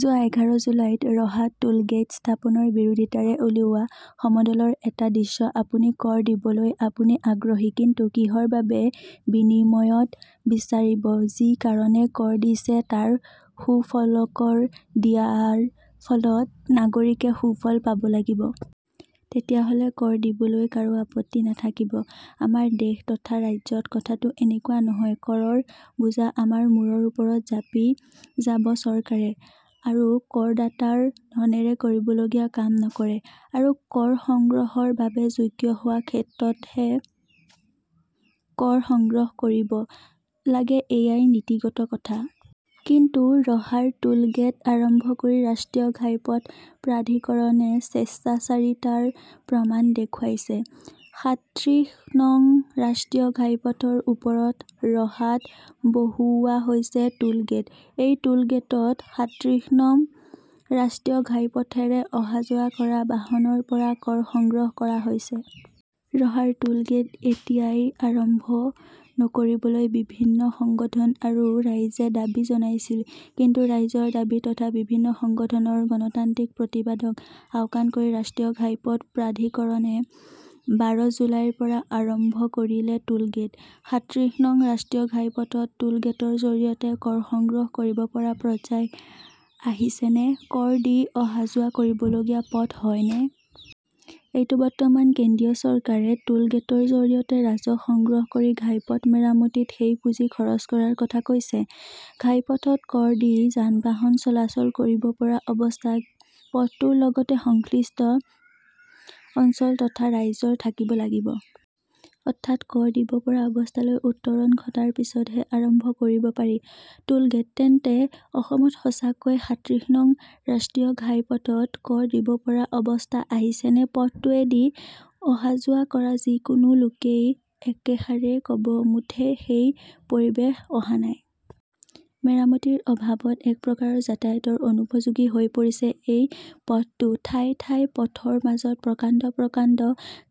যোৱা এঘাৰ জুলাইত ৰহাত টোলগেইট স্থাপনৰ বিৰোধিতাৰে উলিওৱা সমদলৰ এটা দৃশ্য আপুনি কৰ দিবলৈ আপুনি আগ্ৰহী কিন্তু কিহৰ বাবে বিনিময়ত বিচাৰিব যি কাৰণে কৰ দিছে তাৰ সুফলকৰ দিয়াৰ ফলত নাগৰিকে সুফল পাব লাগিব। তেতিয়াহলে কৰ দিবলৈ কাৰো আপত্তি নাথাকিব। আমাৰ দেশ তথা ৰাজ্যত কথাটো এনেকুৱা নহয় কৰৰ বোজা আমাৰ মূৰৰ ওপৰত জাপি যাব চৰকাৰে আৰু কৰদাতাৰ ধনেৰে কৰিবলগীয়া কাম নকৰে। আৰু কৰ সংগ্ৰহৰ বাবে যোগ্য হোৱা ক্ষেত্ৰতহে কৰ সংগ্ৰহ কৰিব লাগেএয়াই নীতিগত কথা। কিন্তু ৰহাৰ টোল গেট আৰম্ভ কৰি ৰাষ্ট্ৰীয় ঘাইপথ প্ৰাধিকৰণে স্বেচ্ছাচাৰিতাৰ প্ৰমাণ দেখুৱাইছে। সাতত্ৰিশ নং ৰাষ্ট্ৰীয় ঘাইপথৰ ওপৰত ৰহাত বহুওৱা হৈছে টোল গেট। এই টোল গেটত সাতত্ৰিশ নং ৰাষ্ট্ৰীয় ঘাইপথেৰে অহাযোৱা কৰা বাহনৰ পৰা কৰ সংগ্ৰহ কৰা হৈছে। ৰহাৰ টোল গেট এতিয়াই আৰম্ভ নকৰিবলৈ বিভিন্ন সংগঠন আৰু ৰাইজে দাবী জনাইছিল। কিন্তু ৰাইজৰ দাবী তথা বিভিন্ন সংগঠনৰ গণতান্ত্ৰিক প্ৰতিবাদক আওকাণ কৰি ৰাষ্ট্ৰীয় ঘাইপথ প্ৰাধিকৰণে বাৰ জুলাইৰ পৰা আৰম্ভ কৰিলে টোল গেট। সাতত্ৰিশ নং ৰাষ্ট্ৰীয় ঘাইপথত টোল গেটৰ জৰিয়তে কৰ সংগ্ৰহ কৰিব পৰা পৰ্যায় আহিছেনে কৰ দি অহাযোৱা কৰিবলগীয়া পথ হয়নে? এইটো বৰ্তমান কেন্দ্ৰীয় চৰকাৰে টোল গেটৰ জৰিয়তে ৰাজহ সংগ্ৰহ কৰি ঘাইপথ মেৰামতিত সেই পুঁজি খৰচ কৰাৰ কথা কৈছে। ঘাইপথত কৰ দি যানবাহন চলাচল কৰিব পৰা অৱস্থা পথটোৰ লগতে সংশ্লিষ্ট অঞ্চল তথা ৰাইজৰ থাকিব লাগিব। অৰ্থাৎ কৰ দিব পৰা অৱস্থালৈ উত্তৰণ ঘটাৰ পিছতহে আৰম্ভ কৰিব পাৰি। টোল গেট তেন্তে অসমত সঁচাকৈয়ে সাতত্ৰিশ নং ৰাষ্ট্ৰীয় ঘাইপথত কৰ দিব পৰা অৱস্থা আহিছেনে পথটোৱেদি অহাযোৱা কৰা যিকোনো লোকেই একেষাৰে কব মুঠেও সেই পৰিৱেশ অহা নাই। মেৰামতিৰ অভাৱত এক প্ৰকাৰ যাতায়াতৰ অনুপযোগী হৈ পৰিছে এই পথটো ঠায়ে ঠায়ে পথৰ মাজত প্ৰকাণ্ড প্ৰকাণ্ড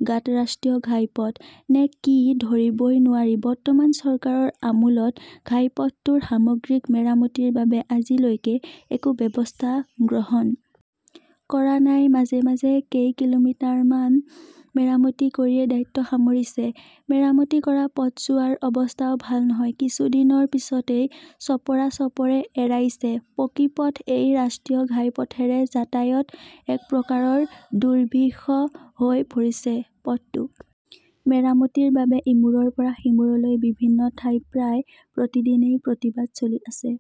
গাঁতৰাষ্ট্ৰীয় ঘাইপথ নে কি ধৰিবই নোৱাৰি বৰ্তমান চৰকাৰৰ আমোলত ঘাইপথটোৰ সামগ্ৰিক মেৰামতিৰ বাবে আজিলৈকে একো ব্যৱস্থা গ্ৰহণ কৰা নাই মাজে মাজে কেই কিলোমিটাৰমান মেৰামতি কৰিয়েই দায়িত্ব সামৰিছে মেৰামতি কৰা পথচোৱাৰ অৱস্থাও ভাল নহয় কিছুদিনৰ পিছতেই চপৰা চপৰে এৰাইছে পকী পথ এই ৰাষ্ট্ৰীয় ঘাইপথেৰে যাতায়াত এক প্ৰকাৰ দুৰ্বিষহ হৈ পৰিছে পথটো মেৰামতিৰ বাবে ইমূৰৰ পৰা সিমূৰলৈ বিভিন্ন ঠাইত প্ৰায় প্ৰতিদিনেই প্ৰতিবাদ চলি আছে